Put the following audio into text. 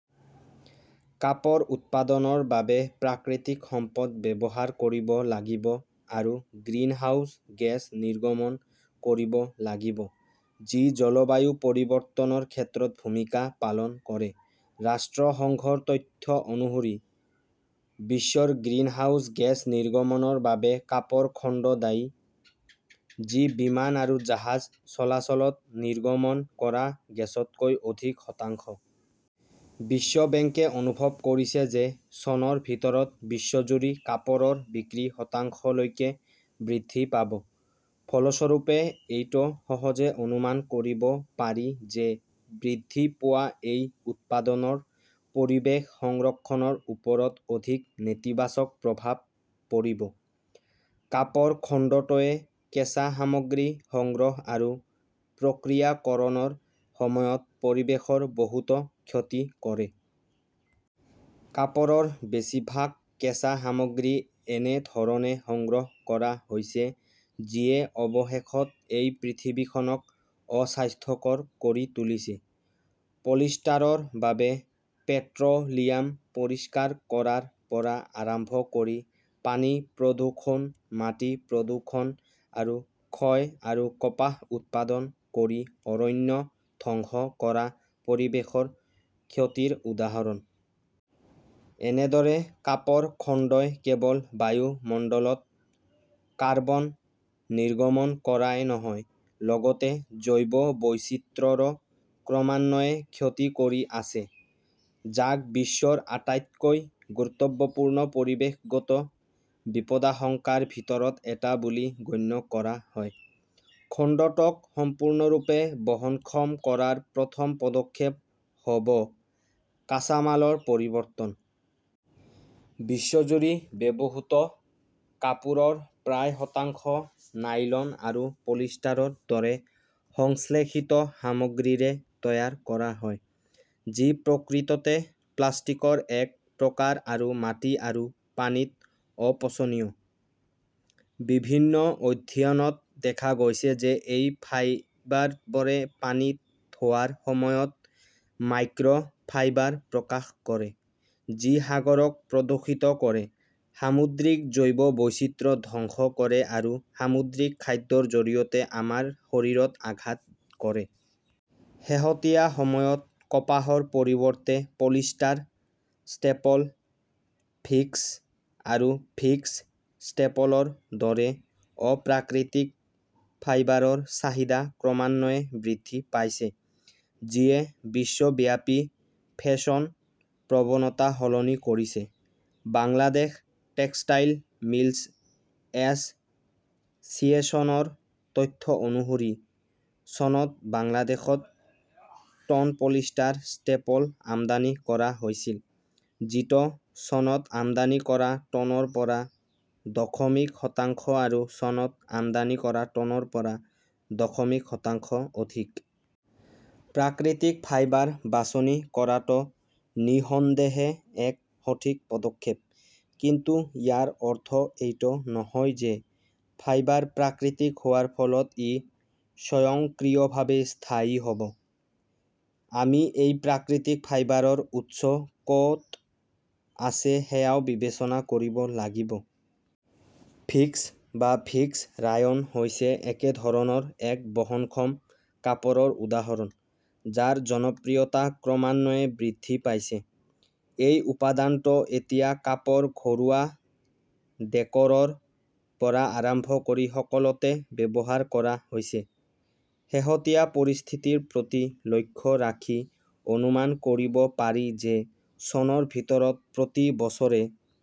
কাপোৰ উৎপাদনৰ বাবে প্ৰাকৃতিক সম্পদ ব্যৱহাৰ কৰিব লাগিব আৰু গ্ৰীণহাউছ গেছ নিৰ্গমন কৰিব লাগিব, যি জলবায়ু পৰিৱৰ্তনৰ ক্ষেত্ৰত ভূমিকা পালন কৰে। ৰাষ্ট্ৰসংঘৰ তথ্য অনুসৰি, বিশ্বৰ গ্ৰীণহাউছ গেছ নিৰ্গমনৰ বাবে কাপোৰ খণ্ড দায়ী, যি বিমান আৰু জাহাজ চলাচলত নিৰ্গমন কৰা গেছতকৈ অধিক, শতাংশ। বিশ্ব বেংকে অনুভৱ কৰিছে যে চনৰ ভিতৰত বিশ্বজুৰি কাপোৰৰ বিক্ৰী শতাংশলৈকে বৃদ্ধি পাব। ফলস্বৰূপে, এইটো সহজে অনুমান কৰিব পাৰি যে বৃদ্ধি পোৱা এই উৎপাদনৰ পৰিৱেশ সংৰক্ষণৰ ওপৰত অধিক নেতিবাচক প্ৰভাৱ পৰিব। কাপোৰ খণ্ডটোৱে কেঁচা সামগ্ৰী সংগ্ৰহ আৰু প্ৰক্ৰিয়াকৰণৰ সময়ত পৰিৱেশৰ বহুতো ক্ষতি কৰে। কাপোৰৰ বেছিভাগ কেঁচা সামগ্ৰী এনে ধৰণে সংগ্ৰহ কৰা হৈছে যিয়ে অৱশেষত এই পৃথিৱীখনক অস্বাস্থ্যকৰ কৰি তুলিছে। পলিষ্টাৰৰ বাবে পেট্ৰ "লিয়াম পৰিষ্কাৰ কৰাৰ পৰা আৰম্ভ কৰি পানী প্ৰদূষণ, মাটি প্ৰদূষণ আৰু ক্ষয় আৰু কপাহ উৎপাদন কৰি অৰণ্য ধ্বংস কৰা পৰিৱেশৰ ক্ষতিৰ উদাহৰণ। এনেদৰে কাপোৰ খণ্ডই কেৱল বায়ুমণ্ডলত কাৰ্বন নিৰ্গমন কৰাই নহয়, লগতে জৈৱ বৈচিত্ৰ্যৰো ক্ৰমান্বয়ে ক্ষতি কৰি আছে, যাক বিশ্বৰ আটাইতকৈ গুৰুত্বপূৰ্ণ পৰিৱেশগত বিপদাশংকাৰ ভিতৰত এটা বুলি গণ্য কৰা হয়। খণ্ডটোক সম্পূৰ্ণৰূপে বহনক্ষম কৰাৰ প্ৰথম পদক্ষেপ হ "ব কাঁচামালৰ পৰিৱৰ্তন। বিশ্বজুৰি ব্যৱহৃত কাপোৰৰ প্ৰায় শতাংশ নাইলন বা পলিষ্টাৰৰ দৰে সংশ্লেষিত সামগ্ৰীৰে তৈয়াৰ কৰা হয়, যি প্ৰকৃততে প্লাষ্টিকৰ এক প্ৰকাৰ আৰু মাটি আৰু পানীত অপচনীয়। বিভিন্ন অধ্যয়নত দেখা গৈছে যে এই ফাইবাৰবোৰে পানীত ধোৱাৰ সময়ত মাইক্ৰ "ফাইবাৰ প্ৰকাশ কৰে, যি সাগৰক প্ৰদূষিত কৰে; সামুদ্ৰিক জৈৱ বৈচিত্ৰ্য ধ্বংস কৰে আৰু সামুদ্ৰিক খাদ্যৰ জৰিয়তে আমাৰ শৰীৰত আঘাত কৰে। শেহতীয়া সময়ত কপাহৰ পৰিৱৰ্তে পলিষ্টাৰ ষ্টেপল, ভিস্কছ আৰু ভিস্কছ ষ্টেপলৰ দৰে অপ্ৰাকৃতিক ফাইবাৰৰ চাহিদা ক্ৰমান্বয়ে বৃদ্ধি পাইছে, যিয়ে বিশ্বব্যাপী ফেশ্বন প্ৰৱণতা সলনি কৰিছে। বাংলাদেশ টেক্সটাইল মিলছ এছ "চিয়েশ্যনৰ তথ্য অনুসৰি, চনত বাংলাদেশত টন পলিষ্টাৰ ষ্টেপল আমদানি কৰা হৈছিল, যিটো চনত আমদানি কৰা টনৰ পৰা দশমিক শতাংশ আৰু চনত আমদানি কৰা টনৰ পৰা দশমিক শতাংশ অধিক। প্ৰাকৃতিক ফাইবাৰ বাছনি কৰাটো নিঃসন্দেহে এক সঠিক পদক্ষেপ। কিন্তু ইয়াৰ অৰ্থ এইটো নহয় যে ফাইবাৰ প্ৰাকৃতিক হোৱাৰ ফলত ই স্বয়ংক্ৰিয়ভাৱে স্থায়ী হ "ব। আমি এই প্ৰাকৃতিক ফাইবাৰৰ উৎস ক "ত আছে সেয়াও বিবেচনা কৰিব লাগিব। ভিস্কছ বা ভিস্কছ ৰায়োন হৈছে একেধৰণৰ এক বহনক্ষম কাপোৰৰ উদাহৰণ, যাৰ জনপ্ৰিয়তা ক্ৰমান্বয়ে বৃদ্ধি পাইছে। এই উপাদানটো এতিয়া কাপোৰ, ঘৰুৱা দেকোৰৰ পৰা আৰম্ভ কৰি সকলোতে ব্যৱহাৰ কৰা হৈছে। শেহতীয়া পৰিস্থিতিৰ প্ৰতি লক্ষ্য ৰাখি অনুমান কৰিব পাৰি যে চনৰ ভিতৰত প্ৰতি বছৰে